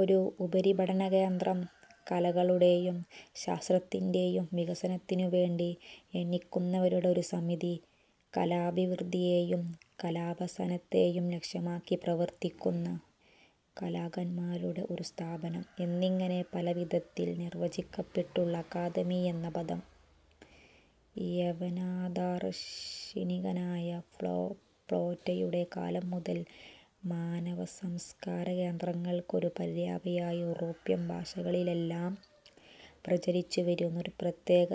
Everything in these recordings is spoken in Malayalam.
ഒരു ഉപരിപഠനകേന്ദ്രം, കലകളുടെയും ശാസ്ത്രത്തിന്റെയും വികസനത്തിനുവേണ്ടി യത്നിക്കുന്നവരുടെ ഒരു സമിതി, കലാഭിവൃദ്ധിയേയും കലാഭ്യസനത്തേയും ലക്ഷ്യമാക്കി പ്രവർത്തിക്കുന്ന കലാകാരന്മാരുടെ ഒരു സ്ഥാപനം എന്നിങ്ങനെ പല വിധത്തിൽ നിർവചിക്കപ്പെട്ടിട്ടുള്ള അക്കാദമി എന്ന പദം യവനദാർശനികനായ പ്ളേറ്റോയുടെ കാലം മുതൽ മാനവസംസ്കാരകേന്ദ്രങ്ങൾക്ക് ഒരു പര്യായമായി യൂറോപ്യൻ ഭാഷകളിലെല്ലാം പ്രചരിച്ചുവരുന്നു. ഒരു പ്രത്യേക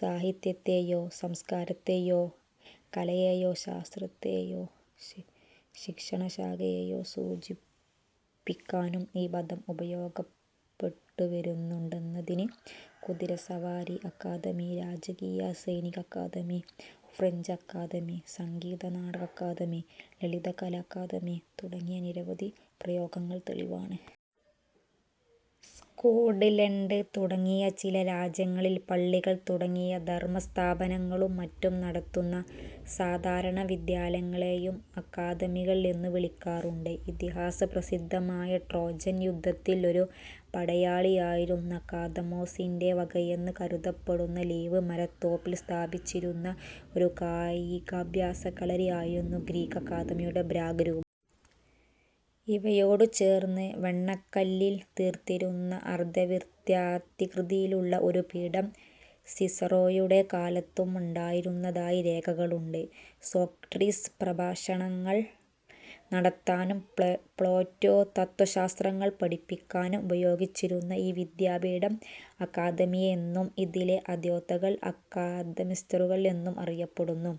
സാഹിത്യത്തെയോ സംസ്കാരത്തെയോ കലയെയോ ശാസ്ത്രത്തെയോ ശിക്ഷണശാഖയെയോ സൂചിപ്പിക്കാനും ഈ പദം ഉപയോഗിക്കപ്പെട്ടുവരുന്നുണ്ടെന്നതിന് കുതിരസവാരി അക്കാദമി, രാജകീയ സൈനിക അക്കാദമി, ഫ്രഞ്ച് അക്കാദമി, സംഗീതനാടക അക്കാദമി, ലളിതകലാ അക്കാദമി തുടങ്ങിയ നിരവധി പ്രയോഗങ്ങൾ തെളിവാണ്. സ്കോട് ലൻഡ് തുടങ്ങിയ ചില രാജ്യങ്ങളിൽ പള്ളികൾ തുടങ്ങിയ ധർമസ്ഥാപനങ്ങളും മറ്റും നടത്തുന്ന സാധാരണ വിദ്യാലയങ്ങളേയും അക്കാദമികൾ എന്നു വിളിക്കാറുണ്ട്. ഇതിഹാസ പ്രസിദ്ധമായ ട്രോജൻ യുദ്ധത്തിൽ ഒരു പടയാളിയായിരുന്ന അക്കാദമോ സിന്റെ വകയെന്ന് കരുതപ്പെടുന്ന ലീവ് മരത്തോപ്പിൽ സ്ഥാപിച്ചിരുന്ന ഒരു കായികാഭ്യാസക്കളരി ആയിരുന്നു ഗ്രീക് അക്കാദമിയുടെ പ്രാഗ് രൂപം. ഇവയോടു ചേർന്ന് വെണ്ണക്കല്ലിൽ തീർത്തിരുന്ന അർധവൃത്താകൃതിയിലുള്ള ഒരു പീഠം സിസറോയുടെ കാലത്തും ഉണ്ടായിരുന്നതായി രേഖകളുണ്ട്. സോക്രട്ടീസ് പ്രഭാഷണങ്ങൾ നടത്താനും പ്ലേറ്റോ തത്ത്വശാസ്ത്രങ്ങൾ പഠിപ്പിക്കാനും ഉപയോഗിച്ചിരുന്ന ഈ വിദ്യാപീഠം അക്കാദെമിയ എന്നും, ഇതിലെ അധ്യേതാക്കൾ അക്കാദെമിസ്റ്റുകൾ എന്നും അറിയപ്പെട്ടുവന്നു.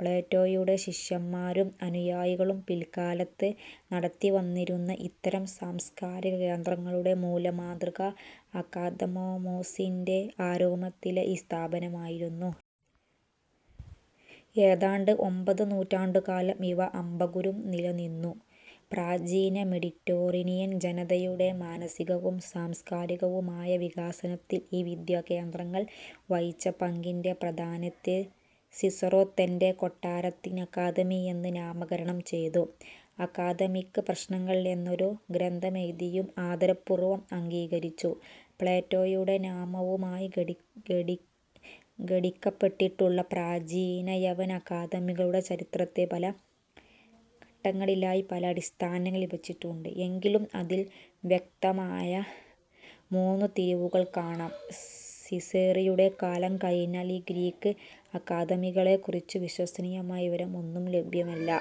പ്ലേറ്റോയുടെ ശിഷ്യന്മാരും അനുയായികളും പിൽക്കാലത്ത് നടത്തിവന്നിരുന്ന ഇത്തരം സാംസ്കാരിക കേന്ദ്രങ്ങളുടെ മൂലമാതൃക അക്കാദമോസിന്റെ ആരാമത്തിലെ ഈ സ്ഥാപനമായിരുന്നു. ഏതാണ്ട് ഒമ്പതു നൂറ്റാണ്ടുകാലം ഇവ അഭംഗുരം നിലനിന്നു. പ്രാചീന മെഡിറ്ററേനിയൻ ജനതയുടെ മാനസികവും സാംസ്കാരികവുമായ വികാസത്തിൽ ഈ വിദ്യാകേന്ദ്രങ്ങൾ വഹിച്ച പങ്കിന്റെ പ്രാധാന്യത്തെ, സിസറോ തന്റെ കൊട്ടാരത്തിന് അക്കാദമി എന്ന് നാമകരണം ചെയ്തും, അക്കാദമിക് പ്രശ്നങ്ങൾ എന്ന ഒരു ഗ്രന്ഥമെഴുതിയും ആദരപൂർവം അംഗീകരിച്ചു. പ്ലേറ്റോയുടെ നാമവുമായി ഘടിപ്പിക്കപ്പെട്ടിട്ടുള്ള പ്രാചീന യവന അക്കാദമികളുടെ ചരിത്രത്തെ പല ഘട്ടങ്ങളിലായി പല അടിസ്ഥാനങ്ങളിൽ വിഭജിച്ചിട്ടുണ്ട്; എങ്കിലും അതിൽ വ്യക്തമായ മൂന്നു തിരിവുകൾ കാണാം:- സിസറോയുടെ കാലം കഴിഞ്ഞാൽ ഈ ഗ്രീക് അക്കാദമികളെക്കുറിച്ചു വിശ്വസനീയമായ വിവരം ഒന്നും ലഭ്യമല്ല.